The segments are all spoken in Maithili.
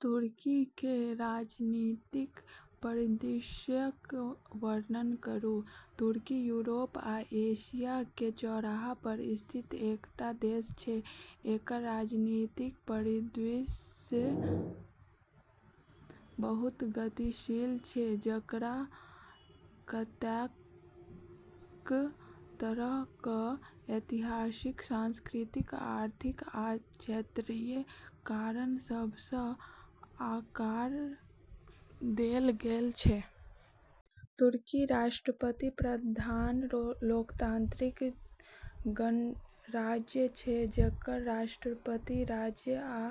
तुर्की के राजनीतिक परिदृश्यक वर्णन करू:- तुर्की यूरोप आ एशिया के चौराहा पर स्थित एकटा देश छै, एकर राजनीतिक परिदृश्य बहुत गतिशील छै, जकरा कताक तरहक ऐतिहासिक, सांस्कृतिक, आर्थिक आ क्षेत्रीय कारक सभसँ आकार देल गेल छै। तुर्की राष्ट्रपति-प्रधान लोकतांत्रिक गणराज्य छै, जकर राष्ट्रपति राज्य आ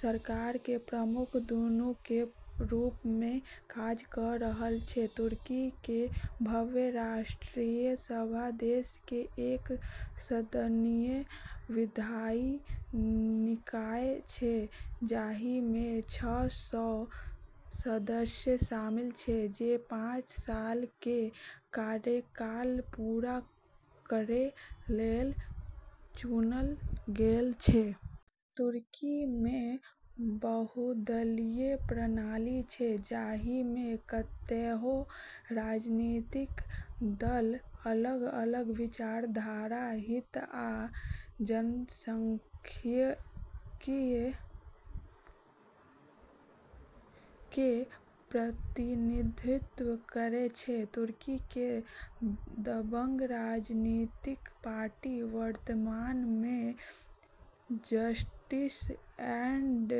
सरकार के प्रमुख दुनूके रूप मे काज क' रहल छै। तुर्की के भव्य राष्ट्रीय सभा देश के एक सदनीय विधायी निकाय छै, जाहिमे छह सौ सदस्य शामिल छै जे पाँच साल के कार्यकाल पूरा करै लेल चुनल गेल छै। तुर्की मे बहुदलीय प्रणाली छै, जाहिमे कतेहो राजनीतिक दल अलग-अलग विचारधारा, हित आ जनसंख्यिकीय के प्रतिनिधित्व करै छै। तुर्की के दबंग राजनीतिक पार्टी वर्तमान मे जस्टिस एंड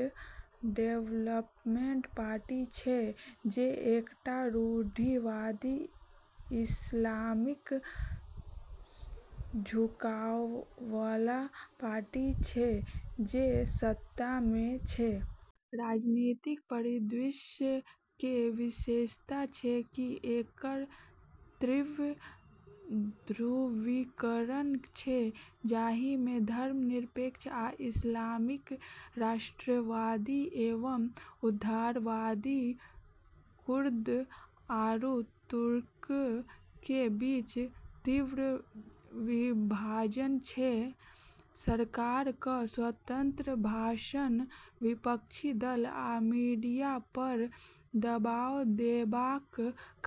डेवलपमेंट पार्टी छै, जे एकटा रूढ़िवादी, इस्लामिक झुकाववला पार्टी छै जे सत्ता मे छै। राजनीतिक परिदृश्य के विशेषता छै कि एकर तीव्र ध्रुवीकरण छै, जाहिमे धर्मनिरपेक्ष आ इस्लामिक, राष्ट्रवादी एवं उधारवादी, कुर्द आरू तुर्क के बीच तीव्र विभाजन छै। सरकारक स्वतंत्र भाषण, विपक्षी दल, आ मीडिया पर दबाव देबाक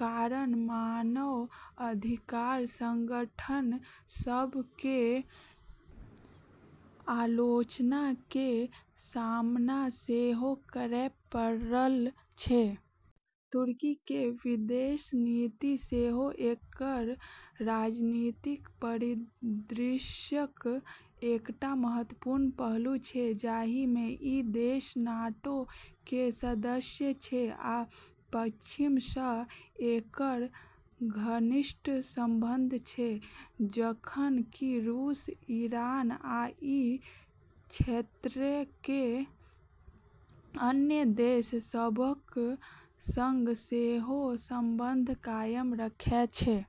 कारण मानव अधिकार संगठन सभ के आलोचना के सामना सेहो करय पड़ल छै। तुर्की के विदेश नीति सेहो एकर राजनीतिक परिदृश्यक एकटा महत्वपूर्ण पहलू छै, जाहिमे ई देश नाटो के सदस्य छै आ पश्चिमसँ एकर घनिष्ठ संबंध छै, जखन कि रूस, ईरान आ ई क्षेत्रके अन्य देश सभक संग सेहो संबंध कायम रखै छै।